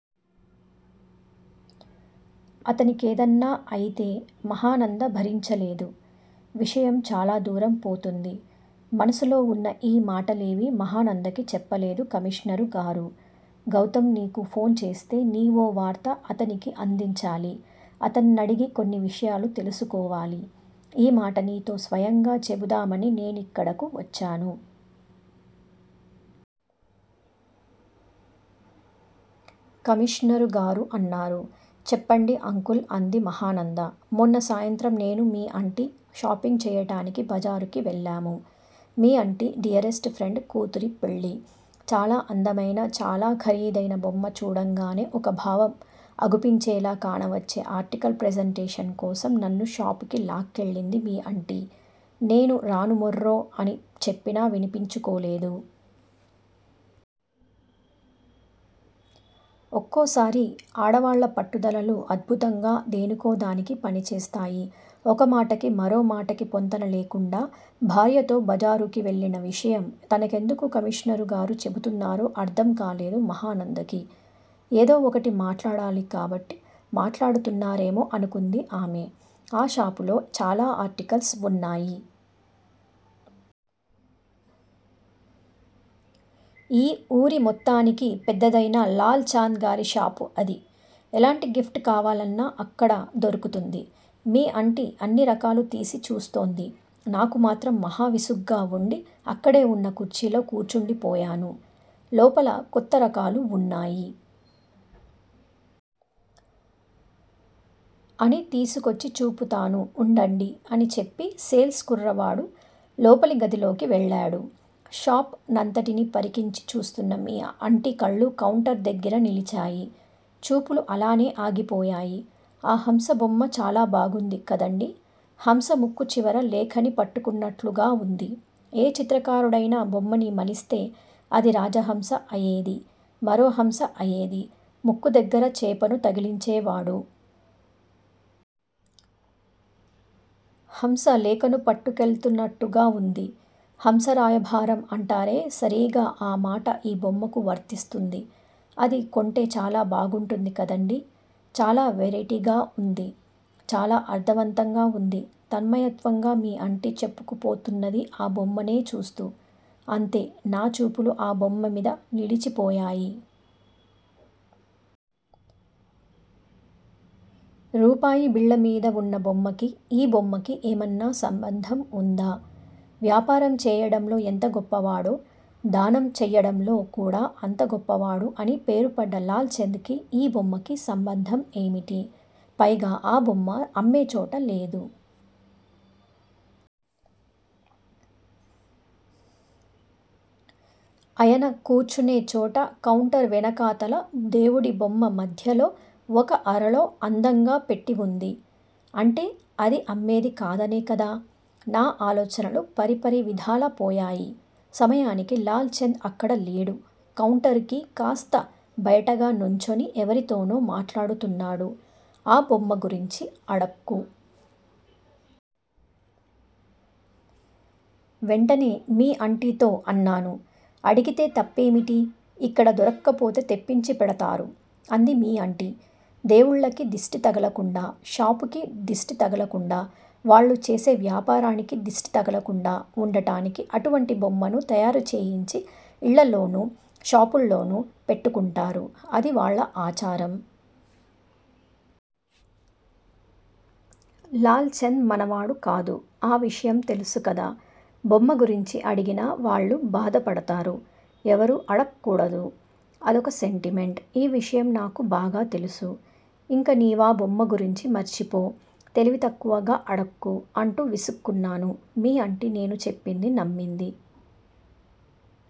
అతని కేదన్నా అయితే మహానంద భరించలేదు. విషయం చాలాదూరం పోతుంది. మనసులో వున్న ఈ మాటలేవీ మహానందకి చెప్పలేదు కమిషనరుగారు. గౌతం నీకు ఫోనుచేస్తే నీవో వార్త అతనికి అందించాలి. అతన్నడిగి కొన్ని విషయాలు తెలుసుకోవాలి. ఈ మాట నీతో స్వయంగా చెబుదామనే నేనిక్కడకు వచ్చాను. కమిషనరుగారు అన్నారు. చెప్పండి అంకుల్ అంది మహానంద. మొన్న సాయంత్రం నేను మీ అంటి షాపింగ్చెయ్యటానికి బజారుకి వెళ్ళాము. మీ అంటి డియరెస్ట్ ఫ్రెండ్ కూతురి పెళ్ళి. చాలా అందమైన, చాలా ఖరీదైన బొమ్మ చూడంగానే ఒక భావం అగుపించేలా కానవచ్చే అర్టికల్ ప్రెజెంటేషన్ కోసం నన్ను షాపుకి లాక్కెళ్ళింది మీ అంటి నేను రాను మొర్రో అని చెప్పినా వినిపించుకోలేదు. ఒక్కోసారి ఆడవాళ్ళ పట్టుదలలు అద్బుతంగా దేనికో దానికి పనిచేస్తాయి ఒక మాటకి మరో మాటకి పొంతన లేకుండా భార్యతో బజారుకి వెళ్ళిన విషయం తనకెందుకు కమిషనరుగారు చెబుతున్నారో అర్ధం కాలేదు మహానందకి, ఏదో ఒకటి మాట్లాడాలి కాబట్టి మాట్లాడుతున్నారేమో అనుకుంది ఆమె. ఆ షాపులో చాలా అర్టికల్స్ వున్నాయి. ఈ ఊరి మొత్తానికి పెద్దదైనా లాల్ చాంద్ గారి షాపు అది. ఎలాంటి గిఫ్ట్ కావాలన్నా అక్కడ దొరుకుతుంది. మీ అంటి అన్ని రకాలు తీసి చూస్తోంది. నాకు మాత్రం మహా విసుగ్గా వుండి అక్కడే వున్న కుర్చీలో కూర్చుండిపోయాను. లోపల కొత్త రకాలు వున్నాయి. అని తీసుకొచ్చి చూపుతాను ఉండండి అని చెప్పి సేల్స్ కుర్రవాడు లోపలి గదిలోకి వెళ్ళాడు. షాప్ నంతటిని పరికించి చూస్తున్న మీ అంటి కళ్ళు కౌంటర్ దగ్గిర నిలిచాయి. చూపులు అలానే ఆగిపోయాయి. ఆ హంస బొమ్మ చాలా బాగుంది కదండీ. హంస ముక్కు చివర లేఖని పట్టుకున్నట్లుగా వుంది, ఏ చిత్రకారుడయినా బొమ్మని మలిస్తే అది రాజహంస అయేది మరో హంస అయేది ముక్కుదగ్గర చేపను తగిలించేవాడు. హంసలేఖను పట్టుకెళుతున్నట్టుగా వుంది. హంసరాయభారం అంటారే సరీగా ఆ మాట ఈ బొమ్మకు వర్తిస్తుంది. అది కొంటె చాలా బాగుంటుంది కదండీ. చాలా వెరయిటిగా వుంది. చాలా అర్ధవంతంగా వుంది తన్మయత్వంగా మీ అంటి చెప్పుకుపోతున్నది ఆ బొమ్మనే చూస్తూ. అంతే నా చూపులు ఆ బొమ్మమిద నిలిచిపోయాయి. రూపాయి బిళ్ళ మీద వున్న బొమ్మకి, ఈ బొమ్మకి ఏమన్నా సంబంధం వుందా? వ్యాపారం చేయడంలో ఎంత గొప్పవాడో దానం చెయ్యడంలో కూడా అంత గొప్పవాడు అని పేరుపడ్డ లాల్ చంద్ కి, ఈ బొమ్మకి సంబంధం ఏమిటి? పైగా ఆ బొమ్మ అమ్మేచోట లేదు. అయన కూర్చునేచోట కౌంటర్ వెనకాతల దేవుడిబొమ్మ మధ్యలో ఒక అరలో అందంగా పెట్టి వుంది. అంటే అది అమ్మేది కాదనేకదా! నా ఆలోచనలు పరిపరి విధాలపోయాయి. సమయానికి లాల్ చంద్ అక్కడ లేడు. కౌంటరుకి కాస్త బయటగా నుంచొని ఎవరితోనో మాట్లాడుతున్నాడు. ఆ బొమ్మగురించి అడక్కు. వెంటనే మీ అంటితో అన్నాను. అడిగితే తప్పేమిటి? ఇక్కడ దొరక్కపోతే తెప్పించిపెడతారు. అంది మీ అంటి. దేవుళ్ళకి దిష్టి తగలకుండా షాపుకి దిష్టి తగలకుండా వాళ్ళు చేసే వ్యాపారానికి దిష్టి తగలకుండా వుండటానికి అటువంటి బొమ్మను తయారు చేయించి యిళ్ళల్లోనూ, షాపుల్లోనూ పెట్టుకుంటారు. అది వాళ్ళ ఆచారం. లాల్ చంద్ మనవాడు కాదు. ఆ విషయం తెలుసుకదా. బొమ్మ గురించి అడిగినా వాళ్ళు భాధపడతారు. ఎవరూ అడక్కూడదు. అదొక సెంటిమెంట్. ఈ విషయం నాకు బాగా తెలుసు. ఇంక నీవా బొమ్మ గురించి మర్చిపో, తెలివితక్కువగా అడక్కు, అంటూ విసుక్కున్నాను. మీ అంటి నేను చెప్పింది నమ్మింది.